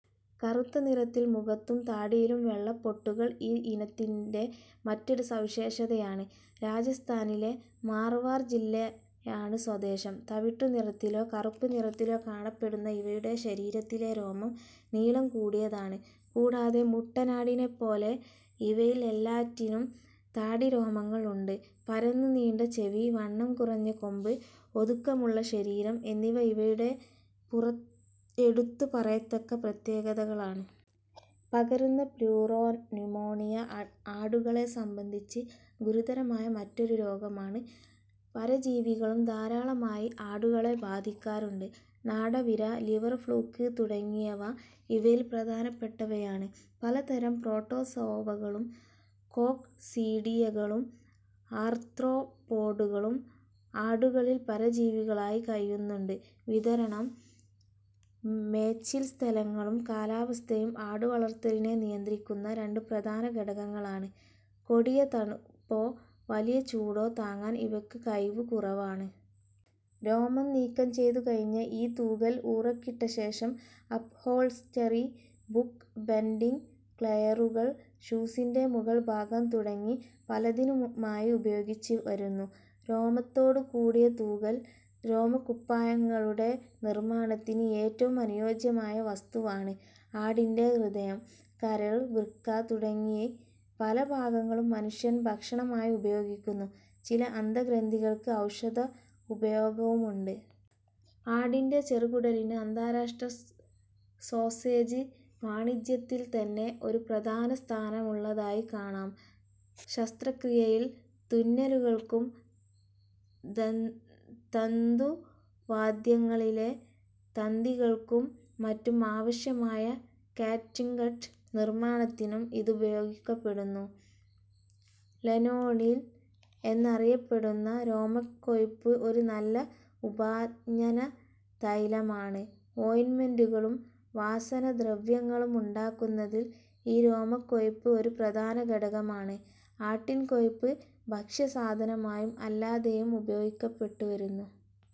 കറുത്ത നിറത്തിൽ മുഖത്തും താടിയിലും വെള്ളപ്പൊട്ടുകൾ ഈ ഇനത്തിന്റെ മറ്റൊരു സവിശേഷതയാണ്. രാജസ്ഥാനിലെ "മാർവാർ" ജില്ലയാണ് സ്വദേശം. തവിട്ടു നിറത്തിലോ കറുപ്പ് നിറത്തിലോ കാണപ്പെടുന്ന ഇവയുടെ ശരീരത്തിലെ രോമം നീളം കൂടിയതാണ്. കൂടാതെ മുട്ടനാടിനെപ്പോലെ ഇവയിൽ എല്ലാറ്റിനും താടിരോമങ്ങൾ ഉണ്ട്. പരന്നു നീണ്ട ചെവി, വണ്ണം കുറഞ്ഞ കൊമ്പ്, ഒതുക്കമുള്ള ശരീരം എന്നിവ ഇവയുടെ എടുത്തുപറയത്തക്ക പ്രത്യേകതകളാണ്. പകരുന്ന പ്യൂറോന്യുമോണിയ ആടുകളെ സംബന്ധിച്ച് ഗുരുതരമായ മറ്റൊരു രോഗമാണ്. പരജീവികളും ധാരാളമായി ആടുകളെ ബാധിക്കാറുണ്ട്. നാടവിര, ലിവർഫ്ലൂക്ക് തുടങ്ങിയവ ഇവയിൽ പ്രധാനപ്പെട്ടവയാണ്. പലതരം പ്രോട്ടോസോവകളും കോക്സീഡിയകളും ആർത്രോപ്പോഡുകളും ആടുകളിൽ പരജീവികളായി കഴിയുന്നുണ്ട്. വിതരണം. മേച്ചിൽസ്ഥലങ്ങളും കാലാവസ്ഥയും ആടുവളർത്തലിനെ നിയന്ത്രിക്കുന്ന രണ്ടു പ്രധാന ഘടകങ്ങളാണ്. കൊടിയ തണുപ്പോ വലിയ ചൂടോ താങ്ങാൻ ഇവയ്ക്കു കഴിവു കുറവാണ്. രോമം നീക്കംചെയ്തു കഴിഞ്ഞ ഈ തുകൽ ഊറയ്ക്കിട്ടശേഷം അപ്ഹോൾസ്റ്ററി, ബുക്ക് ബൈൻഡിംഗ്, കൈയുറകൾ, ഷൂസിന്റെ മുകൾഭാഗം തുടങ്ങി പലതിനുമായി ഉപയോഗിച്ചുവരുന്നു. രോമത്തോടുകൂടിയ തുകൽ രോമക്കുപ്പായങ്ങളുടെ നിർമ്മാണത്തിന് ഏറ്റവും അനുയോജ്യമായ വസ്തുവാണ്. ആടിന്റെ ഹൃദയം, കരൾ, വൃക്ക തുടങ്ങി പല ഭാഗങ്ങളും മനുഷ്യൻ ഭക്ഷണമായി ഉപയോഗിക്കുന്നു. ചില അന്തഃഗ്രന്ഥികൾക്ക് ഔഷധോപയോഗവുമുണ്ട്. ആടിന്റെ ചെറുകുടലിന് അന്താരാഷ്ട്ര 'സോസേജ്' വാണിജ്യത്തിൽത്തന്നെ ഒരു പ്രധാനസ്ഥാനമുളളതായി കാണാം. ശസ്ത്രക്രിയയിൽ തുന്നലുകൾക്കും, തന്തുവാദ്യങ്ങളിലെ തന്തികൾക്കും മറ്റും ആവശ്യമായ 'ക്യാറ്റ്ഗട്ട്' നിർമ്മാണത്തിനും ഇതുപയോഗിക്കപ്പെടുന്നു. 'ലനോളിൻ' എന്നറിയപ്പെടുന്ന രോമക്കൊഴുപ്പ് ഒരു നല്ല ഉപാഞ്ജനതൈല മാണ്. ഓയിന്റ്മെന്റുകളും വാസനദ്രവ്യങ്ങളും ഉണ്ടാക്കുന്നതിൽ ഈ രോമക്കൊഴുപ്പ് ഒരു പ്രധാന ഘടകമാണ്. ആട്ടിൻകൊഴുപ്പ് ഭക്ഷ്യസാധനമായും അല്ലാതെയും ഉപയോഗിക്കപ്പെട്ടുവരുന്നു.